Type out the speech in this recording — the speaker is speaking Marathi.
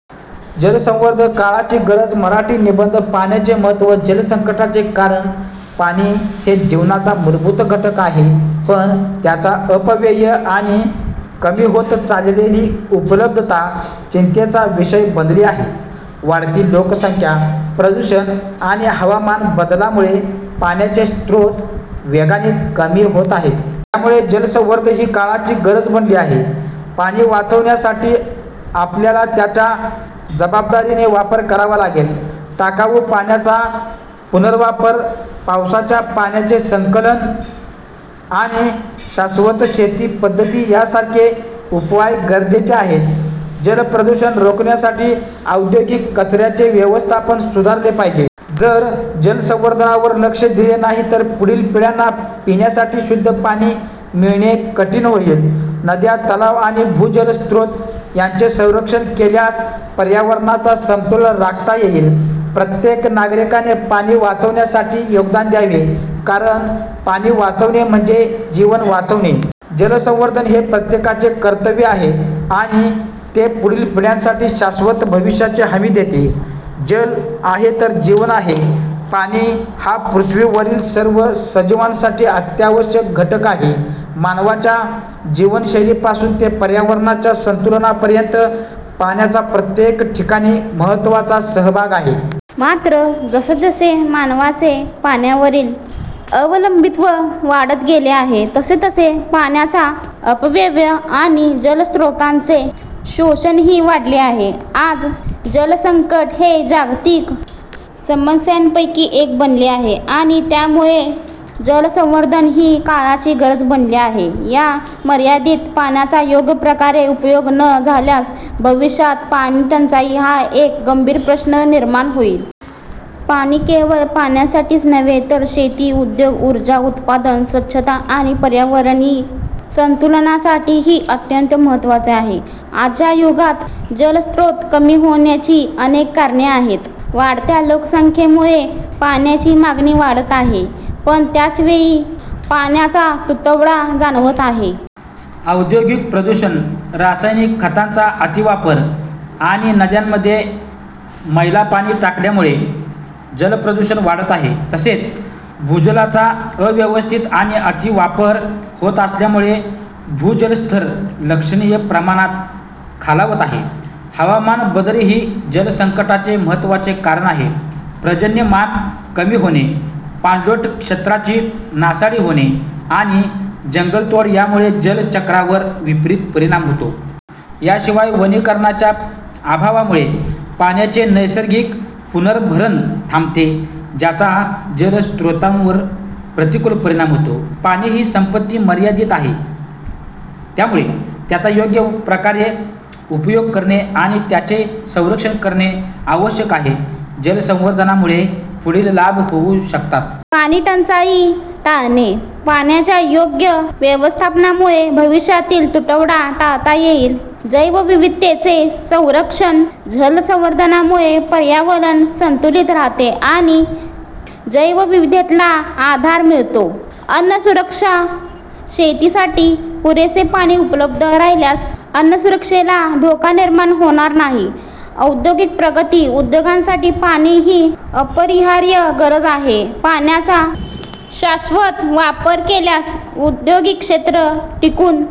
जलसंवर्धन काळाची गरज मराठी निबंध, पाण्याचे महत्त्व, जलसंकटाचे कारण. पाणी हे जीवनाचा मूलभूत घटक आहे, पण त्याचा अपव्यय आणि कमी होत चाललेली उपलब्धता चिंतेचा विषय बनली आहे. वाढती लोकसंख्या, प्रदूषण आणि हवामान बदलामुळे पाण्याचे स्रोत वेगाने कमी होत आहेत. त्यामुळे जलसंवर्धन ही काळाची गरज बनली आहे. पाणी वाचवण्यासाठी आपल्याला त्याचा जबाबदारीने वापर करावा लागेल. टाकाऊ पाण्याचा पुनर्वापर, पावसाच्या पाण्याचे संकलन आणि शाश्वत शेती पद्धती यांसारखे उपाय गरजेचे आहेत. जलप्रदूषण रोखण्यासाठी औद्योगिक कचऱ्याचे व्यवस्थापन सुधारले पाहिजे. जर जलसंवर्धनावर लक्ष दिले नाही तर पुढील पिढ्यांना पिण्यासाठी शुद्ध पाणी मिळणे कठीण होईल. नद्या, तलाव आणि भूजल स्रोत यांचे संरक्षण केल्यास पर्यावरणाचा समतोल राखता येईल. प्रत्येक नागरिकाने पाणी वाचवण्यासाठी योगदान द्यावे, कारण पाणी वाचवणे म्हणजे जीवन वाचवणे. जलसंवर्धन हे प्रत्येकाचे कर्तव्य आहे आणि ते पुढील पिढ्यांसाठी शाश्वत भविष्याची हमी देते. जल आहे तर जीवन आहे. पाणी हा पृथ्वीवरील सर्व सजीवांसाठी अत्यावश्यक घटक आहे. मानवाच्या जीवनशैलीपासून ते पर्यावरणाच्या संतुलनापर्यंत, पाण्याचा प्रत्येक ठिकाणी महत्त्वाचा सहभाग आहे. मात्र, जसजसे मानवाचे पाण्यावरील अवलंबित्व वाढत गेले आहे, तसतसे पाण्याचा अपव्यय आणि जलस्रोतांचे शोषणही वाढले आहे. आज जलसंकट हे जागतिक समस्यांपैकी एक बनले आहे आणि त्यामुळे जलसंवर्धन ही काळाची गरज बनली आहे. या मर्यादित पाण्याचा योग्य प्रकारे उपयोग न झाल्यास भविष्यात पाणीटंचाई हा एक गंभीर प्रश्न निर्माण होईल. पाणी केवळ पिण्यासाठीच नव्हे, तर शेती, उद्योग, ऊर्जा उत्पादन, स्वच्छता आणि पर्यावरणीय संतुलनासाठीही अत्यंत महत्त्वाचे आहे. आजच्या युगात जलस्रोत कमी होण्याची अनेक कारणे आहेत. वाढत्या लोकसंख्येमुळे पाण्याची मागणी वाढत आहे, पण त्याच वेळी पाण्याचा तुटवडा जाणवत आहे. औद्योगिक प्रदूषण, रासायनिक खतांचा अतिवापर आणि नद्यांमध्ये मैलापाणी टाकल्यामुळे जलप्रदूषण वाढत आहे. तसेच, भूजलाचा अव्यवस्थित आणि अतिवापर होत असल्यामुळे भूजलस्तर लक्षणीय प्रमाणात खालावत आहे. हवामान बदलही जलसंकटाचे महत्त्वाचे कारण आहे. पर्जन्यमान कमी होणे, पाणलोट क्षेत्रांची नासाडी होणे आणि जंगलतोड यामुळे जलचक्रावर विपरीत परिणाम होतो. याशिवाय, वनीकरणाच्या अभावामुळे पाण्याचे नैसर्गिक पुनर्भरण थांबते, ज्याचा जलस्रोतांवर प्रतिकूल परिणाम होतो. पाणी ही संपत्ती मर्यादित आहे. त्यामुळे त्याचा योग्य प्रकारे उपयोग करणे आणि त्याचे संरक्षण करणे आवश्यक आहे. जलसंवर्धनामुळे पुढील लाभ होऊ शकतात. पाणीटंचाई टाळणे, पाण्याच्या योग्य व्यवस्थापनामुळे भविष्यातील तुटवडा टाळता येईल. जैवविविधतेचे संरक्षण, जलसंवर्धनामुळे पर्यावरण संतुलित राहते आणि जैवविविधतेला आधार मिळतो. अन्नसुरक्षा, शेतीसाठी पुरेसे पाणी उपलब्ध राहिल्यास अन्नसुरक्षेला धोका निर्माण होणार नाही. औद्योगिक प्रगती, उद्योगांसाठी पाणी ही अपरिहार्य गरज आहे. पाण्याचा शाश्वत वापर केल्यास औद्योगिक क्षेत्र टिकून